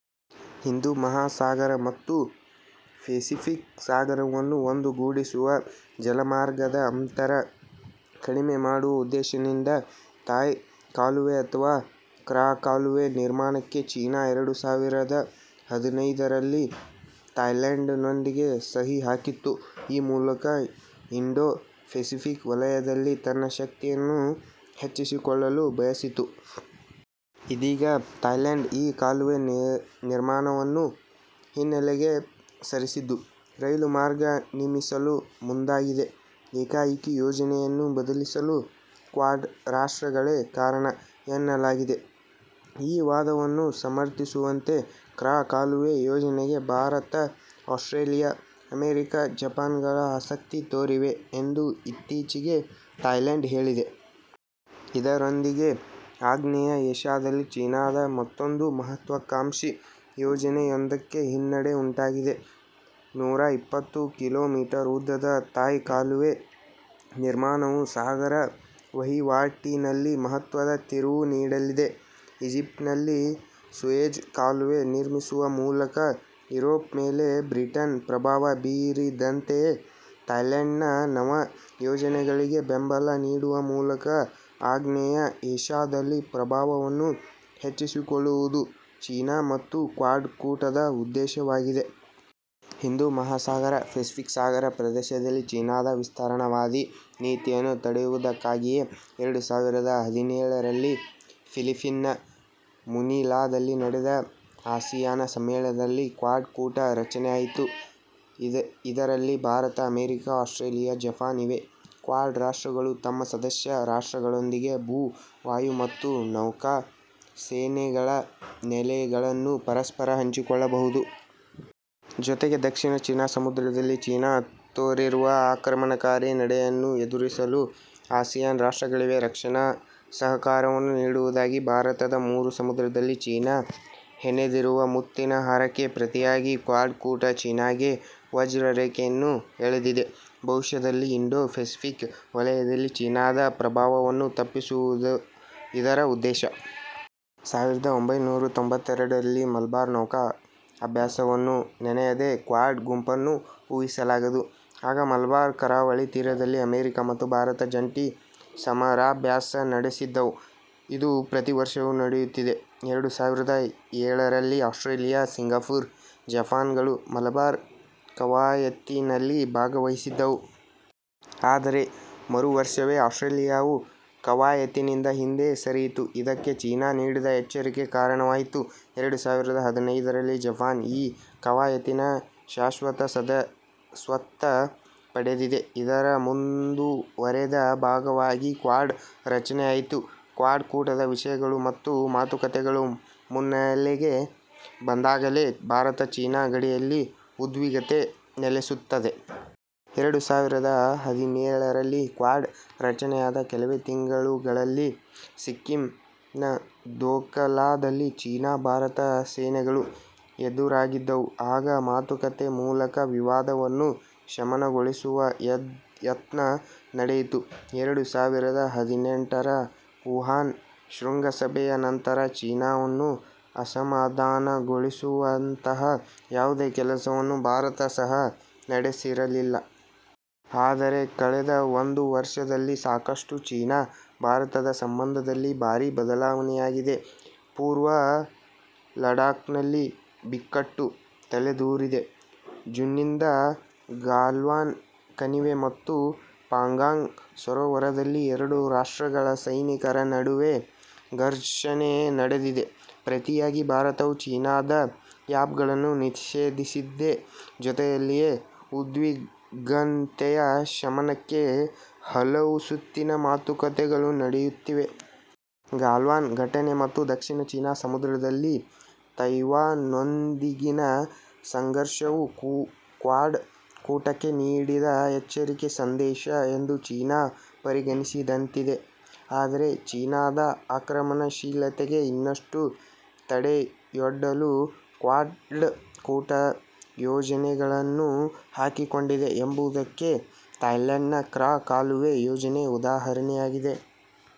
ಹಿಂದೂ ಮಹಾ ಸಾಗರ ಮತ್ತು ಪೆಸಿಫಿಕ್ ಸಾಗರವನ್ನು ಒಂದುಗೂಡಿಸುವ, ಜಲಮಾರ್ಗದ ಅಂತರ ಕಡಿಮೆ ಮಾಡುವ ಉದ್ದೇಶದಿಂದ ಥಾಯ್ ಕಾಲುವೆ ಅಥವಾ ಕ್ರಾ ಕಾಲುವೆ ನಿರ್ಮಾಣಕ್ಕೆ ಚೀನಾ ಎರಡು ಸಾವಿರದ ಹದಿನೈದರಲ್ಲಿ ಥಾಯ್ಲೆಂಡ್ನೊಂದಿಗೆ ಸಹಿ ಹಾಕಿತ್ತು. ಈ ಮೂಲಕ ಇಂಡೊ ಫೆಸಿಫಿಕ್ ವಲಯದಲ್ಲಿ ತನ್ನ ಶಕ್ತಿಯನ್ನು ಹೆಚ್ಚಿಸಿಕೊಳ್ಳಲು ಬಯಸಿತ್ತು. ಇದೀಗ ಥಾಯ್ಲೆಂಡ್ ಈ ಕಾಲುವೆ ನಿರ್ಮಾಣವನ್ನು ಹಿನ್ನೆಲೆಗೆ ಸರಿಸಿದ್ದು, ರೈಲು ಮಾರ್ಗ ನಿರ್ಮಿಸಲು ಮುಂದಾಗಿದೆ. ಏಕಾಏಕಿ ಯೋಜನೆಯನ್ನು ಬದಲಿಸಲು ಕ್ವಾಡ್ ರಾಷ್ಟ್ರಗಳೇ ಕಾರಣ ಎನ್ನಲಾಗಿದೆ. ಈ ವಾದವನ್ನು ಸಮರ್ಥಿಸುವಂತೆ ಕ್ರಾ ಕಾಲುವೆ ಯೋಜನೆಗೆ ಭಾರತ, ಆಸ್ಟ್ರೇಲಿಯಾ, ಅಮೆರಿಕ, ಜಪಾನ್ಗಳು ಆಸಕ್ತಿ ತೋರಿವೆ ಎಂದು ಇತ್ತೀಚೆಗೆ ಥಾಯ್ಲೆಂಡ್ ಹೇಳಿದೆ. ಇದರೊಂದಿಗೆ ಆಗ್ನೇಯ ಏಷ್ಯಾದಲ್ಲಿ ಚೀನಾದ ಮತ್ತೊಂದು ಮಹತ್ವಕಾಂಕ್ಷಿ ಯೋಜನೆಯೊಂದಕ್ಕೆ ಹಿನ್ನಡೆ ಉಂಟಾಗಿದೆ. ನೂರಾ ಇಪ್ಪತ್ತು ಕಿಲೋಮೀಟರ್ ಉದ್ದದ ಥಾಯ್ ಕಾಲುವೆ ನಿರ್ಮಾಣವು ಸಾಗರ ವಹಿವಾಟಿನಲ್ಲಿ ಮಹತ್ವದ ತಿರುವು ನೀಡಲಿದೆ. ಈಜಿಪ್ಟ್ನಲ್ಲಿ ಸೂಯೆಜ್ ಕಾಲುವೆ ನಿರ್ಮಿಸುವ ಮೂಲಕ ಯೂರೋಪ್ ಮೇಲೆ ಬ್ರಿಟನ್ ಪ್ರಭಾವ ಬೀರಿದಂತೆಯೇ ಥಾಯ್ಲೆಂಡ್ನ ನವ ಯೋಜನೆಗಳಿಗೆ ಬೆಂಬಲ ನೀಡುವ ಮೂಲಕ ಆಗ್ನೇಯ ಏಷ್ಯಾದಲ್ಲಿ ಪ್ರಭಾವವನ್ನು ಹೆಚ್ಚಿಸಿಕೊಳ್ಳುವುದು ಚೀನಾ ಮತ್ತು ಕ್ವಾಡ್ ಕೂಟದ ಉದ್ದೇಶವಾಗಿದೆ. ಹಿಂದೂ ಮಹಾಸಾಗರ ಪೆಸಿಫಿಕ್ ಸಾಗರ ಪ್ರದೇಶದಲ್ಲಿ ಚೀನಾದ ವಿಸ್ತರಣಾವಾದಿ ನೀತಿಯನ್ನು ತಡೆಯುವುದಕ್ಕಾಗಿಯೇ ಎರಡು ಸಾವಿರದ ಹದಿನೇಳರಲ್ಲಿ ಫಿಲಿಪ್ಪೀನ್ಸ್ನ ಮನಿಲಾದಲ್ಲಿ ನಡೆದ ಆಸಿಯಾನ್ ಸಮ್ಮೇಳನದಲ್ಲಿ ಕ್ವಾಡ್ ಕೂಟ ರಚನೆಯಾಯಿತು. ಇದರಲ್ಲಿ ಭಾರತ, ಅಮೆರಿಕ, ಆಸ್ಟ್ರೇಲಿಯಾ, ಜಪಾನ್ ಇವೆ. ಕ್ವಾಡ್ ರಾಷ್ಟಗಳು ತಮ್ಮ ಸದಸ್ಯ ರಾಷ್ಟ್ರಗಳೊಂದಿಗೆ ಭೂ, ವಾಯು ಮತ್ತು ನೌಕಾ ಸೇನೆಗಳ ನೆಲೆಗಳನ್ನು ಪರಸ್ಪರ ಹಂಚಿಕೊಳ್ಳಬಹುದು. ಜೊತೆಗೆ ದಕ್ಷಿಣ ಚೀನಾ ಸಮುದ್ರದಲ್ಲಿ ಚೀನಾ ತೋರಿರುವ ಆಕ್ರಮಣಕಾರಿ ನಡೆಯನ್ನು ಎದುರಿಸಲು ಆಸಿಯಾನ್ ರಾಷ್ಟ್ರಗಳಿಗೆ ರಕ್ಷಣಾ ಸಹಕಾರವನ್ನು ನೀಡುವುದಾಗಿದೆ. ಭಾರತದ ಮೂರು ಸಮುದ್ರದಲ್ಲಿ ಚೀನಾ ಹೆಣೆದಿರುವ ಮುತ್ತಿನ ಹಾರಕ್ಕೆ ಪ್ರತಿಯಾಗಿ ಕ್ವಾಡ್ ಕೂಟ ಚೀನಾಗೆ ವಜ್ರರೇಖೆಯನ್ನು ಎಳೆದಿದೆ. ಭವಿಷ್ಯದಲ್ಲಿ ಇಂಡೊ ಫೆಸಿಫಿಕ್ ವಲಯದಲ್ಲಿ ಚೀನಾದ ಪ್ರಭಾವವನ್ನು ತಪ್ಪಿಸುವುದು ಇದರ ಉದ್ದೇಶ. ಸಾವಿರದ ಒಂಬೈನೂರಾ ತೊಂಬತ್ತೆರಡರಲ್ಲಿ ಮಲಬಾರ್ ನೌಕಾ ಅಭ್ಯಾಸವನ್ನು ನೆನೆಯದೇ ಕ್ವಾಡ್ ಗುಂಪನ್ನು ಊಹಿಸಲಾಗದು. ಆಗ ಮಲಬಾರ್ ಕರಾವಳಿ ತೀರದಲ್ಲಿ ಅಮೆರಿಕ ಮತ್ತು ಭಾರತ ಜಂಟಿ ಸಮರಾಭ್ಯಾಸ ನಡೆಸಿದ್ದವು. ಇದು ಪ್ರತಿ ವರ್ಷವೂ ನಡೆಯುತ್ತಿದೆ. ಎರಡು ಸಾವಿರದ ಏಳರಲ್ಲಿ ಆಸ್ಟ್ರೇಲಿಯಾ, ಸಿಂಗಪುರ, ಜಪಾನ್ಗಳು ಮಲಬಾರ್ ಕವಾಯತಿನಲ್ಲಿ ಭಾಗವಹಿಸಿದ್ದವು. ಆದರೆ, ಮರುವರ್ಷವೇ ಆಸ್ಟ್ರೇಲಿಯಾವು ಕವಾಯತಿನಿಂದ ಹಿಂದೆ ಸರಿಯಿತು. ಇದಕ್ಕೆ ಚೀನಾ ನೀಡಿದ ಎಚ್ಚರಿಕೆ ಕಾರಣವಾಗಿತ್ತು. ಎರಡು ಸಾವಿರದ ಹದಿನೈದರಲ್ಲಿ ಜಪಾನ್ ಈ ಕವಾಯತಿನ ಶಾಶ್ವತ ಸದಸ್ಯತ್ವ ಪಡೆದಿದೆ. ಇದರ ಮುಂದುವರಿದ ಭಾಗವಾಗಿ ಕ್ವಾಡ್ ರಚನೆಯಾಯಿತು. ಕ್ವಾಡ್ ಕೂಟದ ವಿಷಯಗಳು ಮತ್ತು ಮಾತುಕತೆಗಳು ಮುನ್ನೆಲೆಗೆ ಬಂದಾಗಲೆಲ್ಲ ಭಾರತ ಚೀನಾ ಗಡಿಯಲ್ಲಿ ಉದ್ವಿಗ್ನತೆ ನೆಲೆಸುತ್ತದೆ. ಎರಡು ಸಾವಿರದ ಹದಿನೇಳರಲ್ಲಿ ಕ್ವಾಡ್ ರಚನೆಯಾದ ಕೆಲವೇ ತಿಂಗಳುಗಳಲ್ಲಿ ಸಿಕ್ಕಿಂನ ದೋಕಲಾದಲ್ಲಿ ಚೀನಾ ಭಾರತ ಸೇನೆಗಳು ಎದುರಾಗಿದ್ದವು. ಆಗ ಮಾತುಕತೆ ಮೂಲಕ ವಿವಾದವನ್ನು ಶಮನಗೊಳಿಸುವ ಯತ್ನ ನಡೆಯಿತು. ಎರಡು ಸಾವಿರದ ಹದಿನೆಂಟರ ವುಹಾನ್ ಶೃಂಗಸಭೆಯ ನಂತರ ಚೀನಾವನ್ನು ಅಸಮಾಧಾನಗೊಳಿಸುವಂತಹ ಯಾವುದೇ ಕೆಲಸವನ್ನು ಭಾರತ ಸಹ ನಡೆಸಿರಲಿಲ್ಲ. ಆದರೆ, ಕಳೆದ ಒಂದು ವರ್ಷದಲ್ಲಿ ಸಾಕಷ್ಟು ಚೀನಾ ಭಾರತದ ಸಂಬಂಧದಲ್ಲಿ ಭಾರಿ ಬದಲಾವಣೆಯಾಗಿದೆ. ಪೂರ್ವ ಲಡಾಖ್ನಲ್ಲಿ ಬಿಕ್ಕಟ್ಟು ತಲೆದೂರಿದೆ. ಜೂನ್ನಿಂದ ಗಾಲ್ವಾನ್ ಕಣಿವೆ ಮತ್ತು ಪಾಂಗಾಂಗ್ ಸರೋವರದಲ್ಲಿ ಎರಡೂ ರಾಷ್ಟ್ರಗಳ ಸೈನಿಕರ ನಡುವೆ ಘರ್ಷಣೆ ನಡೆದಿದೆ. ಪ್ರತಿಯಾಗಿ ಭಾರತವೂ ಚೀನಾದ ಆ್ಯಪ್ಗಳನ್ನು ನಿಷೇಧಿಸಿದೆ. ಜೊತೆಯಲ್ಲಿಯೇ ಉದ್ವಿಗ್ನತೆಯ ಶಮನಕ್ಕೆ ಹಲವು ಸುತ್ತಿನ ಮಾತುಕತೆಗಳು ನಡೆಯುತ್ತಿವೆ. ಗಾಲ್ವಾನ್ ಘಟನೆ ಮತ್ತು ದಕ್ಷಿಣ ಚೀನಾ ಸಮುದ್ರದಲ್ಲಿ ತೈವಾನ್ನೊಂದಿಗಿನ ಸಂಘರ್ಷವೂ ಕ್ವಾಡ್ ಕೂಟಕ್ಕೆ ನೀಡಿದ ಎಚ್ಚರಿಕೆ ಸಂದೇಶ ಎಂದು ಚೀನಾ ಪರಿಗಣಿಸಿದಂತಿದೆ. ಆದರೆ, ಚೀನಾದ ಆಕ್ರಮಣಶೀಲತೆಗೆ ಇನ್ನಷ್ಟು ತಡೆಯೊಡ್ಡಲು ಕ್ವಾಡ್ ಕೂಟ ಯೋಜನೆಗಳನ್ನು ಹಾಕಿಕೊಂಡಿದೆ ಎಂಬುದಕ್ಕೆ ಥಾಯ್ಲೆಂಡ್ನ ಕ್ರಾ ಕಾಲುವೆ ಯೋಜನೆ ಉದಾಹರಣೆಯಾಗಿದೆ.